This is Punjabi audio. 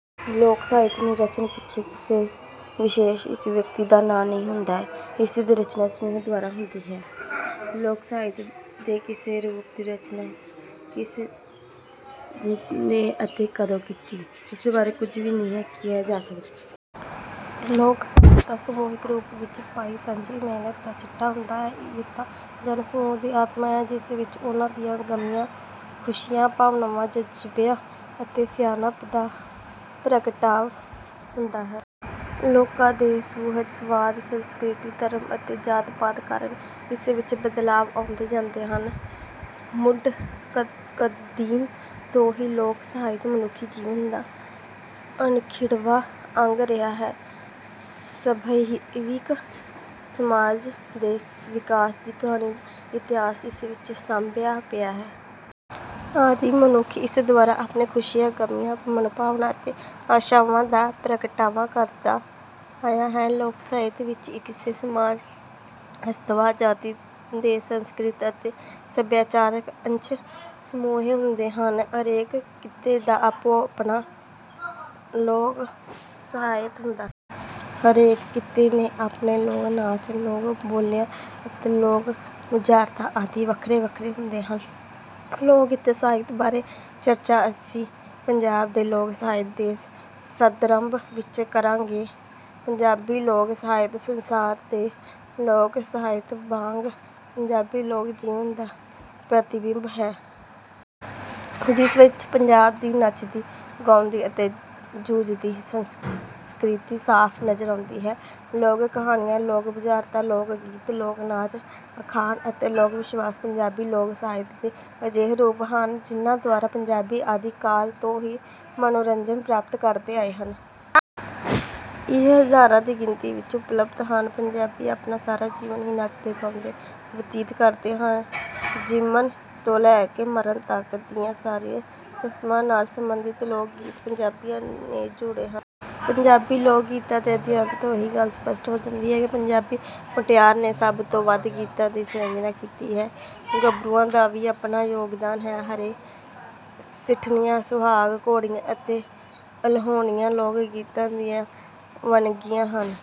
ਲੋਕ ਸਾਹਿਤ ਨੂੰ ਰਚਨ ਪਿੱਛੇ ਕਿਸੇ ਵਿਸ਼ੇਸ਼ ਇੱਕ ਵਿਅਕਤੀ ਦਾ ਨਾਂ ਨਹੀਂ ਹੁੰਦਾ। ਇਸ ਦੀ ਰਚਨਾ ਸਮੂਹ ਦੁਆਰਾ ਹੁੰਦੀ ਹੈ। ਲੋਕ ਸਾਹਿਤ ਦੇ ਕਿਸੇ ਰੂਪ ਦੀ ਰਚਨਾ ਕਿਸ ਨੇ ਅਤੇ ਕਦੋਂ ਕੀਤੀ, ਇਸ ਬਾਰੇ ਕੁਝ ਵੀ ਨਹੀਂ ਕਿਹਾ ਜਾ ਸਕਦਾ। ਲੋਕ ਸਾਹਿਤ ਤਾਂ ਸਮੂਹਿਕ ਰੂਪ ਵਿੱਚ ਪਾਈ ਸਾਂਝੀ ਮਿਹਨਤ ਦਾ ਸਿੱਟਾ ਹੁੰਦਾ ਹੈ। ਇਹ ਤਾਂ ਜਨ-ਸਮੂਹ ਦੀ ਆਤਮਾ ਹੈ, ਜਿਸ ਵਿੱਚ ਉਨ੍ਹਾਂ ਦੀਆਂ ਗਮੀਆਂ, ਖੁਸ਼ੀਆਂ, ਭਾਵਨਾਵਾਂ, ਜਜ਼ਬਿਆਂ ਅਤੇ ਸਿਆਣਪ ਦਾ ਪ੍ਰਗਟਾਵ ਹੁੰਦਾ ਹੈ। ਲੋਕਾਂ ਦੇ ਸੁਹਜ ਸਵਾਦ, ਸੰਸਕ੍ਰਿਤੀ, ਧਰਮ ਅਤੇ ਜਾਤ-ਪਾਤ ਕਾਰਨ ਇਸ ਵਿੱਚ ਬਦਲਾਵ ਆਉਂਦੇ ਜਾਂਦੇ ਹਨ। ਮੁੱਢ ਕਦੀਮ ਤੋਂ ਹੀ ਲੋਕ ਸਾਹਿਤ ਮਨੁੱਖੀ ਜੀਵਨ ਦਾ ਅਨਿੱਖੜਵਾਂ ਅੰਗ ਰਿਹਾ ਹੈ। ਸੱਭਿਅਕ ਸਮਾਜ ਦੇ ਵਿਕਾਸ ਦੀ ਕਹਾਣੀ ਦਾ ਇਤਿਹਾਸ ਇਸ ਵਿੱਚ ਸਾਂਭਿਆ ਪਿਆ ਹੈ। ਆਦਿ ਮਨੁੱਖ ਇਸ ਦੁਆਰਾ ਆਪਣੀਆਂ ਖੁਸ਼ੀਆਂ, ਗਮੀਆਂ, ਮਨੋਭਾਵਾਂ ਅਤੇ ਆਸ਼ਾਵਾਂ ਦਾ ਪ੍ਰਗਟਾਵਾ ਕਰਦਾ ਆਇਆ ਹੈ। ਲੋਕ ਸਾਹਿਤ ਵਿੱਚ ਕਿਸੇ ਸਮਾਜ ਅਥਵਾ ਜਾਤੀ ਦੇ ਸੰਸਕ੍ਰਿਤਕ ਅਤੇ ਸੱਭਿਆਚਾਰਕ ਅੰਸ਼ ਸਮੋਏ ਹੁੰਦੇ ਹਨ। ਹਰੇਕ ਖਿੱਤੇ ਦਾ ਆਪੋ-ਆਪਣਾ ਲੋਕ ਸਾਹਿਤ ਹੁੰਦਾ ਹੈ। ਹਰੇਕ ਖਿੱਤੇ ਦੇ ਆਪਣੇ ਲੋਕ ਨਾਚ, ਲੋਕ ਬੋਲੀਆਂ ਅਤੇ ਲੋਕ ਬੁਝਾਰਤਾਂ ਆਦਿ ਵੱਖਰੇ-ਵੱਖਰੇ ਹੁੰਦੇ ਹਨ। ਇੱਥੇ ਲੋਕ ਸਾਹਿਤ ਬਾਰੇ ਚਰਚਾ ਅਸੀਂ ਪੰਜਾਬ ਦੇ ਲੋਕ ਸਾਹਿਤ ਦੇ ਸਦਰਭ ਵਿੱਚ ਕਰਾਂਗੇ। ਪੰਜਾਬੀ ਲੋਕ ਸਾਹਿਤ, ਸੰਸਾਰ ਦੇ ਲੋਕ ਸਾਹਿਤ ਵਾਂਗ ਪੰਜਾਬੀ ਲੋਕ ਜੀਵਨ ਦਾ ਪ੍ਰਤੀਬਿੰਬ ਹੈ। ਜਿਸ ਵਿੱਚ ਪੰਜਾਬ ਦੀ ਨੱਚਦੀ, ਗਾਉਂਦੀ ਅਤੇ ਜੂਝਦੀ ਸੰਸਕ੍ਰਿਤੀ ਸਾਫ਼ ਨਜ਼ਰ ਆਉਂਦੀ ਹੈ। ਲੋਕ ਕਹਾਣੀਆਂ, ਲੋਕ ਬੁਝਾਰਤਾਂ, ਲੋਕ ਗੀਤ, ਲੋਕ ਨਾਚ, ਅਖਾਣ ਅਤੇ ਲੋਕ ਵਿਸ਼ਵਾਸ ਪੰਜਾਬੀ ਲੋਕ ਸਾਹਿਤ ਦੇ ਅਜਿਹੇ ਰੂਪ ਹਨ, ਜਿਨ੍ਹਾਂ ਦੁਆਰਾ ਪੰਜਾਬੀ ਆਦਿ ਕਾਲ ਤੋਂ ਹੀ ਮਨੋਰੰਜਨ ਪ੍ਰਾਪਤ ਕਰਦੇ ਆਏ ਹਨ। ਇਹ ਹਜ਼ਾਰਾਂ ਦੀ ਗਿਣਤੀ ਵਿੱਚ ਉਪਲਬਧ ਹਨ। ਪੰਜਾਬੀ ਅਪਣਾ ਸਾਰਾ ਜੀਵਨ ਹੀ ਨੱਚਦੇ-ਗਾਉਂਦੇ ਬਤੀਤ ਕਰਦੇ ਹਨ। ਜੰਮਣ ਤੋਂ ਲੈ ਕੇ ਮਰਨ ਤੱਕ ਦੀਆਂ ਸਾਰੀਆਂ ਰਸਮਾਂ ਨਾਲ ਸੰਬੰਧਿਤ ਲੋਕ ਗੀਤ ਪੰਜਾਬੀਆਂ ਨੇ ਜੋੜੇ ਹਨ। ਪੰਜਾਬੀ ਲੋਕ ਗੀਤਾਂ ਦੇ ਅਧਿਐਨ ਤੋਂ ਇਹ ਗੱਲ ਸਪਸ਼ਟ ਹੋ ਜਾਂਦੀ ਹੈ ਕਿ ਪੰਜਾਬੀ ਮੁਟਿਆਰ ਨੇ ਸਭ ਤੋਂ ਵੱਧ ਗੀਤਾਂ ਦੀ ਸਿਰਜਣਾ ਕੀਤੀ ਹੈ। ਗੱਭਰੂਆਂ ਦਾ ਵੀ ਆਪਣਾ ਯੋਗਦਾਨ ਹੈ। ਹੇਰੇ, ਸਿੱਠਣੀਆਂ, ਸੁਹਾਗ, ਘੋੜੀਆਂ ਅਤੇ ਅਲੋ੍ਹਣੀਆਂ ਲੋਕ ਗੀਤਾਂ ਦੀਆਂ ਵੰਨਗੀਆਂ ਹਨ।